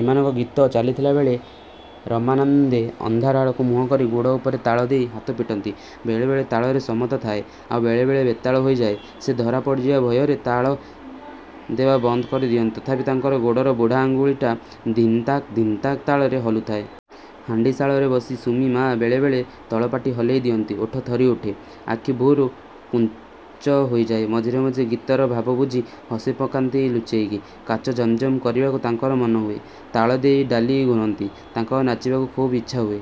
ଏମାନଙ୍କ ଗୀତ ଚାଲିଥିଲାବେଳେ–ରାମାନନ୍ଦେ ଅନ୍ଧାର ଆଡ଼କୁ ମୁହଁକରି ଗୋଡ଼ ଉପରେ ତାଳ ଦେଇ ହାତ ପିଟନ୍ତି। ବେଳେବେଳେ ତାଳରେ ସମତା ଥାଏ। ଆଉ ବେଳେବେଳେ ବେତାଳ ହୋଇଯାଏ। ସେ ଧରା ପଡ଼ିଯିବା ଭୟରେ ତାଳ ଦେବା ବନ୍ଦକରି ଦିଅନ୍ତି। ତଥାପି ତାଙ୍କର ଗୋଡ଼ର ବୁଢ଼ା ଆଙ୍ଗୁଳିଟା–ଧିନ୍ ତାକ୍, ଧିନ୍ ତାକ୍ ତାଳରେ ହଲୁଥାଏ। ହାଣ୍ଡିଶାଳାରେ ବସି ସୁମି-ମା ବେଳେବେଳେ ତଳପାଟି ହଲେଇ ଦିଅନ୍ତି। ଓଠ ଥରି ଉଠେ, ଆଖି ଭୁରୁ କୁଞ୍ଚି ହୋଇଯାଏ, ମଝିରେ ମଝିରେ ଗୀତର ଭାବ ବୁଝି ହସି ପକାନ୍ତି ଲୁଚେଇକି-। କାଚ ଝମଝମ କରିବାକୁ ତାଙ୍କର ମନ ହୁଏ। ତାଳଦେଇ ଡାଲି ଘୋରନ୍ତି। ତାଙ୍କର ନାଚିବାକୁ ଖୁବ୍ ଇଚ୍ଛା ହୁଏ।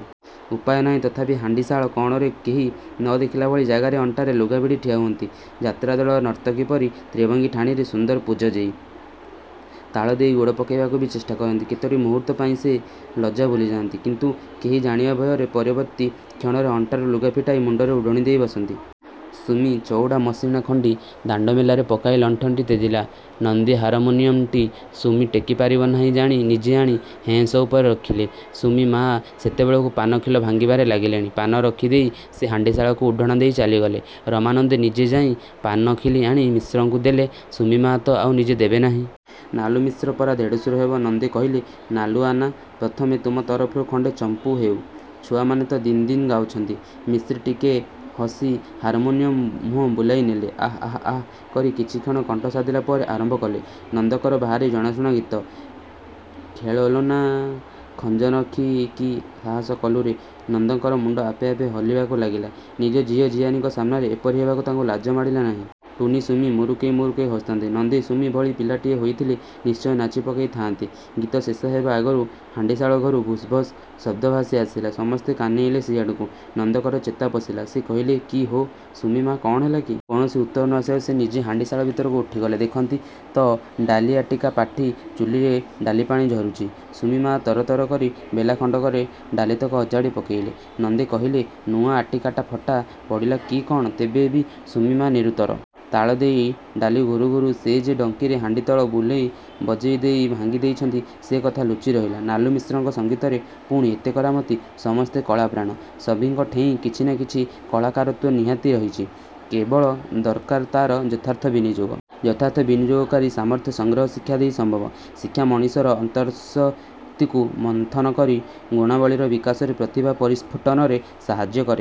ଉପାୟ ନାହିଁ। ତଥାପି ହାଣ୍ଡିଶାଳ କଣରେ କେହି ନ ଦେଖିଲା ଭଳି ଜାଗାରେ ଅଣ୍ଟାରେ ଲୁଗା ଭିଡ଼ି ଠିଆ ହୁଅନ୍ତି–ଯାତ୍ରାଦଳର ନର୍ତ୍ତକୀ ପରି ତ୍ରିଭଙ୍ଗୀ ଠାଣିରେ, ସୁନ୍ଦର ପୋଜଦେଇ। ତାଳଦେଇ ଗୋଡ଼ ପକେଇବାକୁ ବି ଚେଷ୍ଟା କରନ୍ତି। କେତୋଟି ମୁହୂର୍ତ୍ତ ପାଇଁ ସେ ଲଜ୍ଜା ଭୁଲି ଯାଆନ୍ତି–କିନ୍ତୁ, କେହି ଜାଣିବା ଭୟରେ ପରିବର୍ତ୍ତୀ କ୍ଷଣରେ ଅଣ୍ଟାରୁ ଲୁଗା ଫିଟାଇ ମୁଣ୍ଡରେ ଓଢ଼ଣା ଦେଇ ବସନ୍ତି। ସୁମି ଚଉଡ଼ା ମଶିଣା ଖଣ୍ଡି ଦାଣ୍ଡମେଲାରେ ପକାଇ ଲଣ୍ଠନଟି ତେଜିଲା। ନନ୍ଦେ ହାରମୋନିୟମ୍ଟି ସୁମି ଟେକି ପାରିବ ନାହିଁ ଜାଣି ନିଜେ ଆଣି ହେଁସ ଉପରେ ରଖିଲେ। ସୁମି-ମା ସେତେବେଳକୁ ପାନଖିଲି ଭାଙ୍ଗିବାରେ ଲାଗିଲେଣି। ପାନ ରଖି ଦେଇ ସେ ହାଣ୍ଡିଶାଳାକୁ ଓଢ଼ଣା ଦେଇ ଚାଲିଗଲେ; ରାମାନନ୍ଦେ ନିଜେ ଯାଇଁ ପାନଖିଲି ଆଣି ମିଶ୍ରଙ୍କୁ ଦେଲେ ସୁମି-ମା' ତ ଆଉ ନିଜେ ଦେବେ ନାହିଁ। ନାଲୁମିଶ୍ର ପରା ଦେଢ଼ଶୁର ହେବେ। ନନ୍ଦେ କହିଲେ–'ନାଲୁଆନା! ପ୍ରଥମେ. ତୁମ ତରଫରୁ ଖଣ୍ଡେ ଚମ୍ପୁ ହେଉ। ଛୁଆମାନେ ତ ଦିନ୍ ଦିନ୍ ଗାଉଛନ୍ତି। ' ମିଶ୍ରେ ଟିକେ ହସି ହାରମୋନିୟମ୍ର ମୁହଁ ବୁଲାଇ ନେଲେ; ଆ-ଆ-ଆ କରି କିଛିକ୍ଷଣ କଣ୍ଠ ସାଧିଲା ପରେ ଆରମ୍ଭ କଲେ–ନନ୍ଦଙ୍କର ଭାରି ଜଣାଶୁଣା ଗୀତ–''ଖେଳଲୋଳା ଖଞ୍ଜନକ୍ଷି କି ସାହସ କଲୁରେ '' ନନ୍ଦଙ୍କର ମୁଣ୍ଡ ଆପେ ଆପେ ହଲିବାକୁ ଲାଗିଲା, ନିଜ ଝିଅ ଝିଆରୀଙ୍କ ସାମ୍ନାରେ ଏପରି ହେବାକୁ ତାଙ୍କୁ ଲାଜ ମାଡ଼ିଲା ନାଇଁ। ଟୁନୀ ସୁମି ମୁରୁକେଇ ମୁରୁକେଇ ହସୁଥାନ୍ତି। ନନ୍ଦେ ସୁମି ଭଳି ପିଲାଟିଏ ହୋଇଥିଲେ ନିଶ୍ଚୟ ନାଚି ପକେଇ ଥାଆନ୍ତେ। ଗୀତ ଶେଷ ହେବା ଆଗରୁ ହାଣ୍ଡିଶାଳ ଘରୁ ଭସ୍ ଭସ୍ ଶବ୍ଦ ଭାସି ଆସିଲା। ସମସ୍ତେ କାନେଇଲେ ସେଇଆଡ଼କୁ। ନନ୍ଦଙ୍କର ଚେତା ପଶିଲା। ସେ କହିଲେ–'କି ହୋ, ସୁମି-ମା କଣ ହେଲା କି? '' କୌଣସି ଉତ୍ତର ନ ଆସିବାରୁ ସେ ନିଜେ ହାଣ୍ଡିଶାଳ ଭିତରକୁ ଉଠିଗଲେ। ଦେଖନ୍ତି ତ–ଡାଲିଆଟିକା ଫାଟି ଚୁଲିରେ ଡାଲିପାଣି ଝରୁଚି। ସୁମି-ମା ତରତର କରି ବେଲା ଖଣ୍ଡକରେ ଡାଲିତକ ଅଜାଡ଼ି ପକେଇଲେ। ନନ୍ଦେ କହିଲେ–ନୂଆ ଆଟିକାଟା ଫଟା ପଡ଼ିଲା କି କ'ଣ? ତେବେ ବି ସୁମି-ମା' ନିରୁତ୍ତର। ତାଳ ଦେଇ ଡାଲି ଘୋରୁ ଘୋରୁ ସେ ଯେ ଡଙ୍କିରେ ହାଣ୍ଡିତଳ ଭୁଲରେ ବଜେଇ ଦେଇ ଭାଙ୍ଗି ଦେଇଛନ୍ତି–ସେ କଥା ଲୁଚି ରହିଲା। ନାଲୁମିଶ୍ରଙ୍କ ସଂଗୀତରେ ପୁଣି ଏତେ କରାମତି!! ସମସ୍ତେ କଳା-ପ୍ରାଣ। ସଭିଙ୍କଠେଇଁ କିଛି ନା କିଛି କଳାକାରତ୍ୱ ନିହିତ ଅଛି। କେବଳ ଦର୍କାର ତାର ଯଥାର୍ଥ ବିନିଯୋଗ। ଯଥାର୍ଥ ବିନିଯୋଗକାରୀ ସାମର୍ଥ୍ୟ ସଂଗ୍ରହ ଶିକ୍ଷା ଦେଇ ସମ୍ଭବ-। ଶିକ୍ଷା ମଣିଷର ଅନ୍ତର୍ଶକ୍ତିକୁ ମନ୍ଥନ କରି ଗୁଣାବଳୀର ବିକାଶରେ, ପ୍ରତିଭା ପରିସ୍ଫୁଟନରେ ସାହାଯ୍ୟ କରେ।